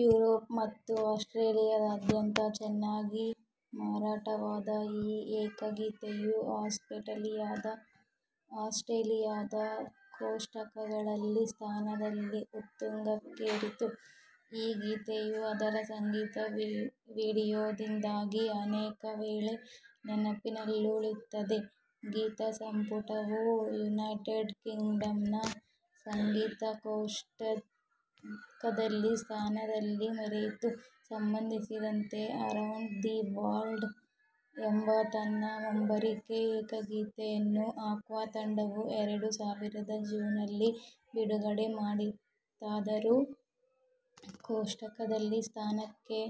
Europe ಮತ್ತು ಆಸ್ಟ್ರೇಲಿಯಾದಾದ್ಯಂತ ಚೆನ್ನಾಗಿ ಮಾರಾಟವಾದ ಈ ಏಕಗೀತೆಯು ಆಸ್ಟ್ರೇಲಿಯಾದ ಕೋಷ್ಟಕಗಳಲ್ಲಿ ಸ್ಥಾನದಲ್ಲಿ ಉತ್ತುಂಗಕ್ಕೇರಿತು. ಈ ಗೀತೆಯು ಅದರ ಸಂಗೀತ ವಿಡಿಯೋದಿಂದಾಗಿ ಅನೇಕವೇಳೆ ನೆನಪಿನಲ್ಲುಳಿಯುತ್ತದೆ. ಗೀತಸಂಪುಟವು ಯುನೈಟೆಡ್ ಕಿಂಗ್ಡಂನ ಸಂಗೀತ ಕೋಷ್ಟಕದಲ್ಲಿ ಸ್ಥಾನದಲ್ಲಿ ಮೆರೆಯಿತು. ಸಂಬಂಧಿಸಿದಂತೆ "ಅರೌಂಡ್ ದಿ ವರ್ಲ್ಡ್" ಎಂಬ ತನ್ನ ಮುಂಬರಿಕೆ ಏಕಗೀತೆಯನ್ನು ಆಕ್ವಾ ತಂಡವು ಎರಡು ಸಾವಿರದ ಜೂನ್ನಲ್ಲಿ ಬಿಡುಗಡೆ ಮಾಡಿತಾದರೂ, ಕೋಷ್ಟಕದಲ್ಲಿ ಸ್ಥಾನಕ್ಕೆ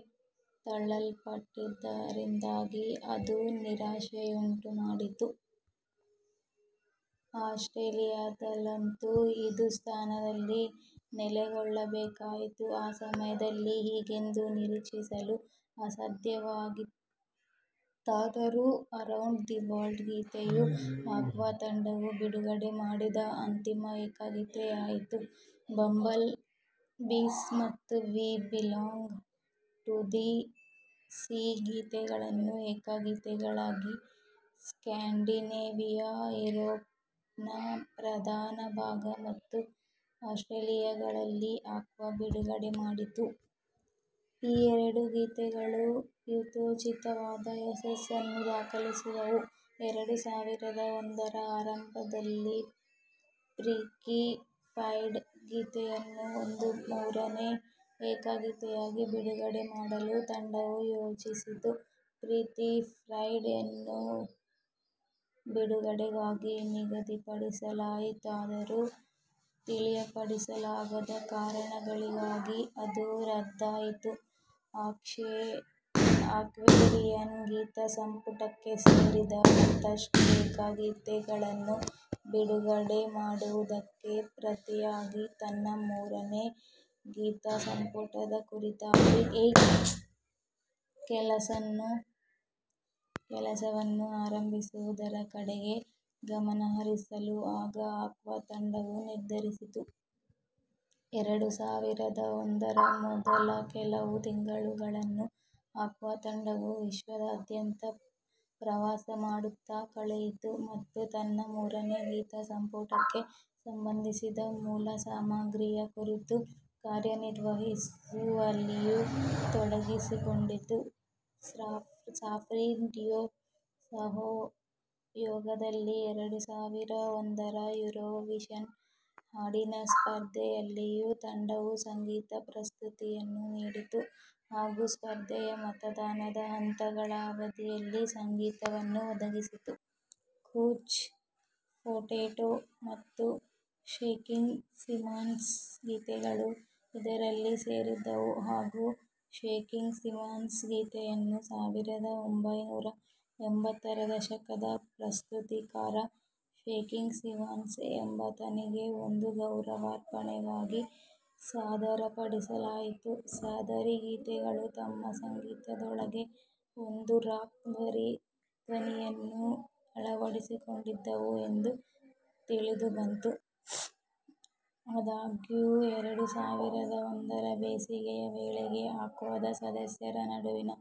ತಳ್ಳಲ್ಪಟ್ಟಿದ್ದರಿಂದಾಗಿ ಅದು ನಿರಾಶೆಯುಂಟುಮಾಡಿತು. ಆಸ್ಟ್ರೇಲಿಯಾದಲ್ಲಂತೂ ಇದು ಸ್ಥಾನದಲ್ಲಿ ನೆಲೆಗೊಳ್ಳಬೇಕಾಯಿತು. ಆ ಸಮಯದಲ್ಲಿ ಹೀಗೆಂದು ನಿರೀಕ್ಷಿಸಲು ಅಸಾಧ್ಯವಾಗಿತ್ತಾದರೂ, ಅರೌಂಡ್ ದಿ ವರ್ಲ್ಡ್ ಗೀತೆಯು ಆಕ್ವಾ ತಂಡವು ಬಿಡುಗಡೆ ಮಾಡಿದ ಅಂತಿಮ ಏಕಗೀತೆಯಾಯಿತು. "ಬಂಬಲ್ ಬೀಸ್" ಮತ್ತು "we belong to the sea" ಗೀತೆಗಳನ್ನು ಏಕಗೀತೆಗಳಾಗಿ ಸ್ಕ್ಯಾಂಡಿನೇವಿಯಾ, ಯುರೋಪ್ನ ಪ್ರಧಾನಭಾಗ ಮತ್ತು ಆಸ್ಟ್ರೇಲಿಯಾಗಳಲ್ಲಿ ಆಕ್ವಾ ಬಿಡುಗಡೆಮಾಡಿತು. ಈ ಎರಡೂ ಗೀತೆಗಳೂ ಯಥೋಚಿತವಾದ ಯಶಸ್ಸನ್ನು ದಾಖಲಿಸಿದವು. ಎರಡು ಸಾವಿರದ ಒಂದರ ಆರಂಭದಲ್ಲಿ, ಫ್ರೀಕಿ ಫ್ರೈಡೆ ಗೀತೆಯನ್ನು ಒಂದು ಮೂರನೇ ಏಕಗೀತೆಯಾಗಿ ಬಿಡುಗಡೆ ಮಾಡಲು ತಂಡವು ಯೋಜಿಸಿತು. "ಫ್ರೀಕಿ ಫ್ರೈಡೆ"ಯನ್ನು ಬಿಡುಗಡೆಗಾಗಿ ನಿಗದಿಪಡಿಸಲಾಯಿತಾದರೂ, ತಿಳಿಯಪಡಿಸಲಾಗದ ಕಾರಣಗಳಿಗಾಗಿ ಅದು ರದ್ದಾಯಿತು. ಆಕ್ವೇರಿಯಸ್ ಗೀತಸಂಪುಟಕ್ಕೆ ಸೇರಿದ ಮತ್ತಷ್ಟು ಏಕಗೀತೆಗಳನ್ನು ಬಿಡುಗಡೆ ಮಾಡುವುದಕ್ಕೆ ಪ್ರತಿಯಾಗಿ, ತನ್ನ ಮೂರನೇ ಗೀತಸಂಪುಟದ ಕುರಿತಾಗಿ ಕೆಲಸವನ್ನು ಆರಂಭಿಸುವುದರ ಕಡೆಗೆ ಗಮನ ಹರಿಸಲು ಆಗ ಆಕ್ವಾ ತಂಡವು ನಿರ್ಧರಿಸಿತು. ಎರಡು ಸಾವಿರದ ಒಂದರ ಮೊದಲ ಕೆಲವು ತಿಂಗಳುಗಳನ್ನು ಆಕ್ವಾ ತಂಡವು ವಿಶ್ವದಾದ್ಯಂತ ಪ್ರವಾಸಮಾಡುತ್ತಾ ಕಳೆಯಿತು, ಮತ್ತು ತನ್ನ ಮೂರನೇ ಗೀತಸಂಪುಟಕ್ಕೆ ಸಂಬಂಧಿಸಿದ ಮೂಲಸಾಮಗ್ರಿಯ ಕುರಿತು ಕಾರ್ಯನಿರ್ವಹಿಸುವಲ್ಲಿಯೂ ತೊಡಗಿಸಿಕೊಂಡಿತು. ಸಾಫ್ರಿ ಡ್ಯುಯೊ ಸಹಯೋಗದಲ್ಲಿ ಎರಡು ಸಾವಿರದ ಒಂದರ ಯೂರೋವಿಷನ್ ಹಾಡಿನ ಸ್ಪರ್ಧೆಯಲ್ಲಿಯೂ ತಂಡವು ಸಂಗೀತ ಪ್ರಸ್ತುತಿಯನ್ನು ನೀಡಿತು ಹಾಗೂ ಸ್ಪರ್ಧೆಯ ಮತದಾನದ ಹಂತಗಳ ಅವಧಿಯಲ್ಲಿ ಸಂಗೀತವನ್ನು ಒದಗಿಸಿತು. "ಕೂಚ್ ಪೊಟೆಟೊ" ಮತ್ತು "ಷೇಕಿಂಗ್ ಸ್ಟೀವನ್ಸ್ " ಗೀತೆಗಳು ಇದರಲ್ಲಿ ಸೇರಿದ್ದವು ಹಾಗೂ "ಷೇಕಿಂಗ್ ಸ್ಟೀವನ್ಸ್ " ಗೀತೆಯನ್ನು ಸಾವಿರದ ಒಂಭೈನೂರ ಎಂಬತ್ತರ ದಶಕದ ಪ್ರಸ್ತುತಿಕಾರ ಷೇಕಿಂಗ್ ಸ್ಟೀವನ್ಸ್ ಎಂಬಾತನಿಗೆ ಒಂದು ಗೌರವಾರ್ಪಣೆಯಾಗಿ ಸಾದರಪಡಿಸಲಾಯಿತು. ಸದರಿ ಗೀತೆಗಳು ತಮ್ಮ ಸಂಗೀತದೊಳಗೆ ಒಂದು ರಾಕ್ ಧ್ವನಿಯನ್ನು ಅಳವಡಿಸಿಕೊಂಡಿದ್ದವು ಎಂದು ತಿಳಿದುಬಂತು. ಆದಾಗ್ಯೂ ಎರಡು ಸಾವಿರದ ಒಂದರ ಬೇಸಿಗೆಯ ವೇಳೆಗೆ ಆಕ್ವಾದ ಸದಸ್ಯರ ನಡುವಿನ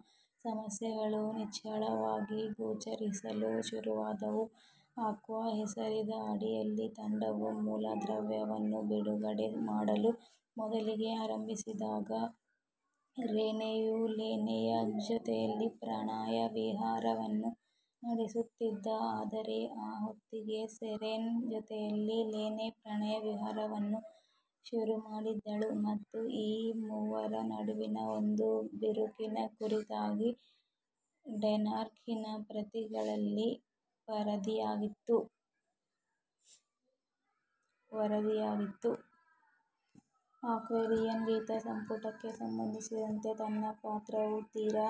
ಸಮಸ್ಯೆಗಳು ನಿಚ್ಚಳವಾಗಿ ಗೋಚರಿಸಲು ಶುರುವಾದವು. ಆಕ್ವಾ ಹೆಸರಿನ ಅಡಿಯಲ್ಲಿ ತಂಡವು ಮೂಲದ್ರವ್ಯವನ್ನು ಬಿಡುಗಡೆ ಮಾಡಲು ಮೊದಲಿಗೆ ಆರಂಭಿಸಿದಾಗ, ರೆನೆಯು ಲೆನೆಯ ಜೊತೆಯಲ್ಲಿ ಪ್ರಣಯ-ವಿಹಾರವನ್ನು ನಡೆಸುತ್ತಿದ್ದ. ಆದರೆ, ಈ ಹೊತ್ತಿಗೆ ಸೋರೆನ್ ಜೊತೆಯಲ್ಲಿ ಲೆನೆ ಪ್ರಣಯ-ವಿಹಾರವನ್ನು ಶುರುಮಾಡಿದ್ದಳು, ಮತ್ತು ಈ ಮೂವರ ನಡುವಿನ ಒಂದು ಬಿರುಕಿನ ಕುರಿತಾಗಿ ಡೆನ್ಮಾರ್ಕಿನ ಪತ್ರಿಕೆಗಳಲ್ಲಿ ವರದಿಯಾಗಿತ್ತು. ಆಕ್ವೇರಿಯಸ್ ಗೀತಸಂಪುಟಕ್ಕೆ ಸಂಬಂಧಿಸಿದಂತೆ ತನ್ನ ಪಾತ್ರವು ತೀರಾ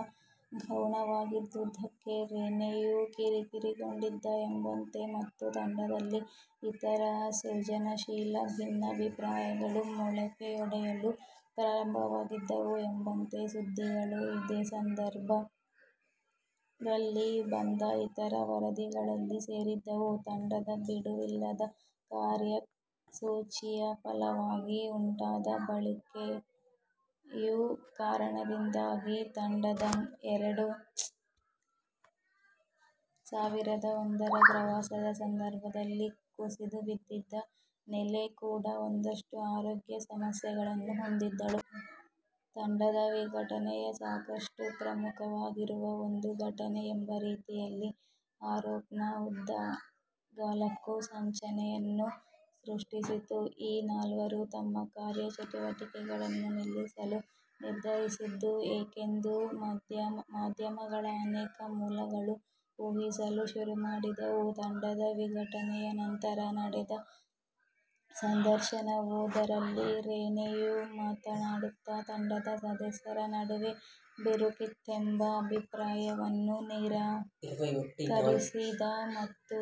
ಗೌಣವಾಗಿದ್ದುದಕ್ಕೆ ರೆನೆಯು ಕಿರಿಕಿರಿಗೊಂಡಿದ್ದ ಎಂಬಂಥ, ಮತ್ತು ತಂಡದಲ್ಲಿ ಇತರ ಸೃಜನಶೀಲ ಭಿನ್ನಾಭಿಪ್ರಾಯಗಳು ಮೊಳಕೆಯೊಡೆಯಲು ಪ್ರಾರಂಭವಾಗಿದ್ದವು ಎಂಬಂಥ ಸುದ್ದಿಗಳು ಇದೇ ಸಂದರ್ಭದಲ್ಲಿ ಬಂದ ಇತರ ವರದಿಗಳಲ್ಲಿ ಸೇರಿದ್ದವು. ತಂಡದ ಬಿಡುವಿಲ್ಲದ ಕಾರ್ಯಸೂಚಿಯ ಫಲವಾಗಿ ಉಂಟಾದ ಬಳಲಿಕೆಯ ಕಾರಣದಿಂದಾಗಿ, ತಂಡದ ಎರಡು ಸಾವಿರದ ಒಂದರ ಪ್ರವಾಸದ ಸಂದರ್ಭದಲ್ಲಿ ಕುಸಿದುಬಿದ್ದಿದ್ದ ಲೆನೆ ಕೂಡಾ ಒಂದಷ್ಟು ಆರೋಗ್ಯ ಸಮಸ್ಯೆಗಳನ್ನು ಹೊಂದಿದ್ದಳು. ತಂಡದ ವಿಘಟನೆಯು ಸಾಕಷ್ಟು ಪ್ರಮುಖವಾಗಿರುವ ಒಂದು ಘಟನೆ ಎಂಬ ರೀತಿಯಲ್ಲಿ ಯುರೋಪ್ನ ಉದ್ದಗಲಕ್ಕೂ ಸಂಚಲನೆಯನ್ನು ಸೃಷ್ಟಿಸಿತು. ಈ ನಾಲ್ವರೂ ತಮ್ಮ ಕಾರ್ಯಚಟುವಟಿಕೆಗಳನ್ನು ನಿಲ್ಲಿಸಲು ನಿರ್ಧರಿಸಿದ್ದು ಏಕೆಂದು ಮಾಧ್ಯಮಗಳ ಅನೇಕ ಮೂಲಗಳು ಊಹಿಸಲು ಶುರುಮಾಡಿದವು. ತಂಡದ ವಿಘಟನೆಯ ನಂತರ ನಡೆದ ಸಂದರ್ಶನವೊಂದರಲ್ಲಿ ರೆನೆಯು ಮಾತನಾಡುತ್ತಾ, ತಂಡದ ಸದಸ್ಯರ ನಡುವೆ ಬಿರುಕಿತ್ತೆಂಬ ಅಭಿಪ್ರಾಯವನ್ನು ನಿರಾಕರಿಸಿದ ಮತ್ತು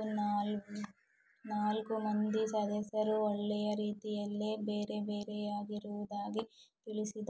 ನಾಲ್ಕೂ ಮಂದಿ ಸದಸ್ಯರು ಒಳ್ಳೆಯ ರೀತಿಯಲ್ಲೇ ಬೇರೆಬೇರೆಯಾಗಿರುವುದಾಗಿ ತಿಳಿಸಿದ.